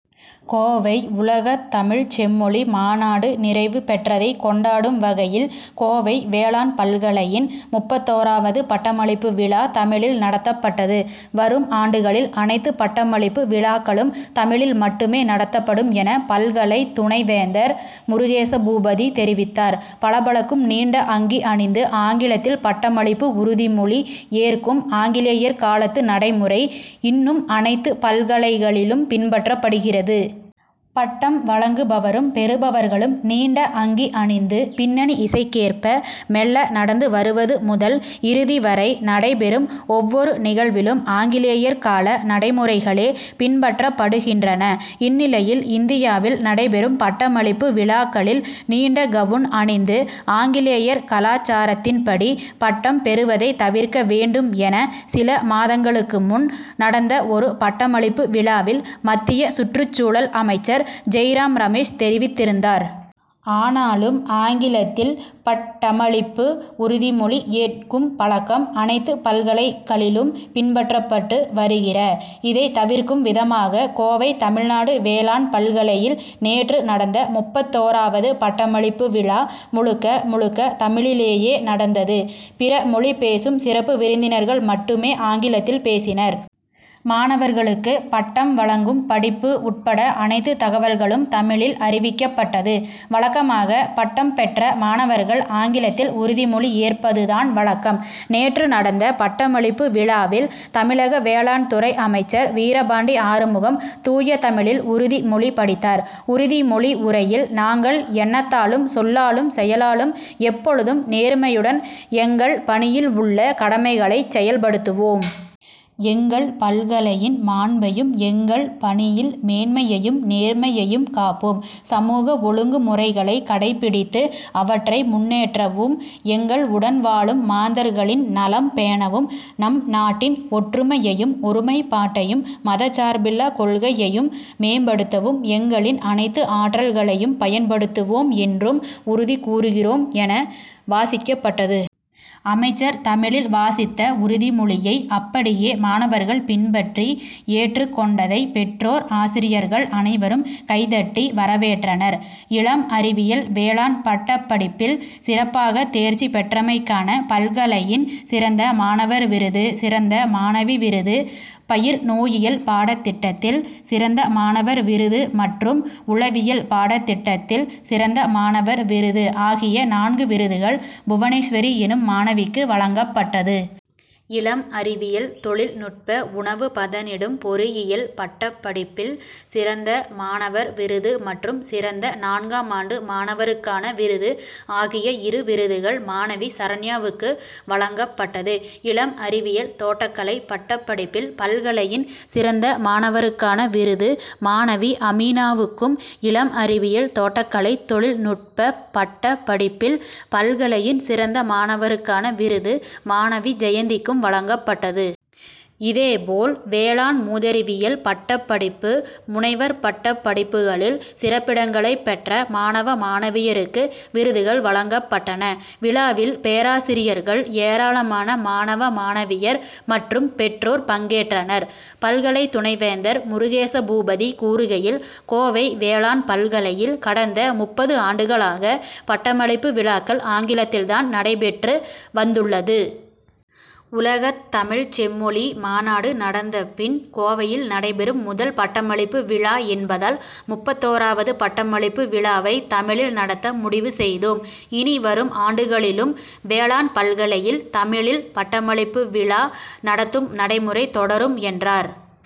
கோவை உலகத் தமிழ்ச் செம்மொழி மாநாடு நிறைவு பெற்றதை கொண்டாடும் வகையில், கோவை வேளாண் பல்கலையின் முப்பத்தோரவது பட்டமளிப்பு விழா தமிழில் நடத்தப்பட்டது. வரும் ஆண்டுகளில் அனைத்து பட்டமளிப்பு விழாக்களும் தமிழில் மட்டுமே நடத்தப்படும் என, பல்கலை துணைவேந்தர் முருகேசபூபதி தெரிவித்தார். பளபளக்கும் நீண்ட அங்கி அணிந்து ஆங்கிலத்தில் பட்டமளிப்பு உறுதிமொழி ஏற்கும் ஆங்கிலேயர் காலத்து நடைமுறை, இன்னும் அனைத்து பல்கலைகளிலும் பின்பற்றப்படுகிறது. பட்டம் வழங்குபவரும், பெறுபவர்களும் நீண்ட அங்கி அணிந்து பின்னணி இசைக்கேற்ப மெள்ள நடந்து வருவது முதல், இறுதி வரை நடைபெறும் ஒவ்வொரு நிகழ்விலும் ஆங்கிலேயர் கால நடைமுறைகளே பின்பற்றப்படுகின்றன. இந்நிலையில், இந்தியாவில் நடைபெறும் பட்டமளிப்பு விழாக்களில் நீண்ட கவுன் அணிந்து ஆங்கிலேயர் கலாச்சாரத்தின்படி பட்டம் பெறுவதை தவிர்க்க வேண்டும் என, சில மாதங்களுக்கு முன் நடந்த ஒரு பட்டமளிப்பு விழாவில் மத்திய சுற்றுச்சூழல் அமைச்சர் ஜெய்ராம்ரமேஷ் தெரிவித்திருந்தார். ஆனாலும் ஆங்கிலத்தில் பட் டமளிப்பு உறுதிமொழி ஏற் கும் பழக்கம் அனைத்து பல்கலை களிலும் பின்பற்றப்பட்டு வருகிற. இதை தவிர்க்கும் விதமாக, கோவை தமிழ்நாடு வேளாண் பல்கலையில் நேற்று நடந்த முப்பத்தோராவது பட்டமளிப்பு விழா, முழுக்க முழுக்க தமிழிலேயே நடந்தது. பிற மொழி பேசும் சிறப்பு விருந்தினர்கள் மட்டுமே ஆங்கிலத்தில் பேசினர். மாணவர்களுக்கு பட்டம் வழங்கும் படிப்பு உட்பட அனைத்து தகவல்களும் தமிழில் அறிவிக்கப்பட்டது. வழக்கமாக, பட்டம் பெற்ற மாணவர்கள் ஆங்கிலத்தில் உறுதிமொழி ஏற்பதுதான் வழக்கம். நேற்று நடந்த பட்டமளிப்பு விழாவில், தமிழக வேளாண் துறை அமைச்சர் வீரபாண்டி ஆறுமுகம் தூய தமிழில் உறுதி மொழி படித்தார். உறுதிமொழி உரையில் நாங்கள் எண்ணத்தாலும் சொல்லாலும், செயலாலும் எப்பொழுதும் நேர்மையுடன் எங்கள் பணியில் உள்ள கடமைகளைச் செயல்படுத்துவோம். எங்கள் பல்கலையின் மாண்பையும், எங்கள் பணியில் மேன்மையையும், நேர்மையையும் காப்போம். சமூக ஒழுங்குமுறைகளை கடைபிடித்து அவற்றை முன்னேற்றவும், எங்கள் உடன் வாழும் மாந்தர்களின் நலம் பேணவும், நம் நாட்டின் ஒற்றுமையையும், ஒருமைப்பாட்டையும் மதசார்பில்லா கொள்கையையும் மேம்படுத்தவும், எங்களின் அனைத்து ஆற்றல்களையும் பயன்படுத்துவோம் என்றும் உறுதி கூறுகிறோம் என, வாசிக்கப்பட்டது. அமைச்சர் தமிழில் வாசித்த உறுதிமொழியை அப்படியே மாணவர்கள் பின்பற்றி ஏற்றுக் கொண்டதை பெற்றோர், ஆசிரியர்கள் அனைவரும் கைதட்டி வரவேற்றனர். இளம் அறிவியல் வேளாண் பட்டப்படிப்பில் சிறப்பாக தேர்ச்சி பெற்றமைக்கான பல்கலையின் சிறந்த மாணவர் விருது, சிறந்த மாணவி விருது, பயிர் நோயியல் பாடத் திட்டத்தில் சிறந்த மாணவர் விருது மற்றும் உழவியல் பாடத்திட்டத்தில் சிறந்த மாணவர் விருது ஆகிய நான்கு விருதுகள் புவனேஸ்வரி எனும் மாணவிக்கு வழங்கப்பட்டது. இளம் அறிவியல் தொழில் நுட்ப, உணவு பதனிடும் பொறியியல் பட்டப்படிப்பில் சிறந்த மாணவர் விருது மற்றும் சிறந்த நான்காம் ஆண்டு மாணவருக்கான விருது ஆகிய இரு விருதுகள் மாணவி சரண்யாவுக்கு வழங்கப்பட்டது. இளம் அறிவியல் தோட்டக்கலை பட்டப்படிப்பில் பல்கலையின் சிறந்த மாணவருக்கான விருது மாணவி அமீனாவுக்கும், இளம் அறிவியல் தோட்டக்கலை தொழில் நுட்பப் பட்டப் படிப்பில் பல்கலையின் சிறந்த மாணவருக்கான விருது மாணவி ஜெயந்திக்கும் வழங்கப்பட்டது. இதே போல் வேளாண் மூதறிவியல் பட்டப்படிப்பு, முனைவர் பட்டப்படிப்புகளில் சிறப்பிடங்களை பெற்ற மாணவ, மாணவியருக்கு விருதுகள் வழங்கப்பட்டன. விழாவில், பேராசிரியர்கள், ஏராளமான மாணவ, மாணவியர் மற்றும் பெற்றோர் பங்கேற்றனர். பல்கலை துணைவேந்தர் முருகேசபூபதி கூறுகையில், கோவை வேளாண் பல்கலையில் கடந்த முப்பது ஆண்டுகளாக பட்டமளிப்பு விழாக்கள் ஆங்கிலத்தில்தான் நடைபெற்று வந்துள்ளது. உலகத் தமிழ்ச் செம்மொழி மாநாடு நடந்த பின் கோவையில் நடைபெறும் முதல் பட்டமளிப்பு விழா என்பதால், முப்பத்தோராவது பட்டமளிப்பு விழாவை தமிழில் நடத்த முடிவு செய்தோம். இனி வரும் ஆண்டுகளிலும் வேளாண் பல்கலையில் தமிழில் பட்டமளிப்பு விழா நடத்தும் நடைமுறை தொடரும், என்றார்.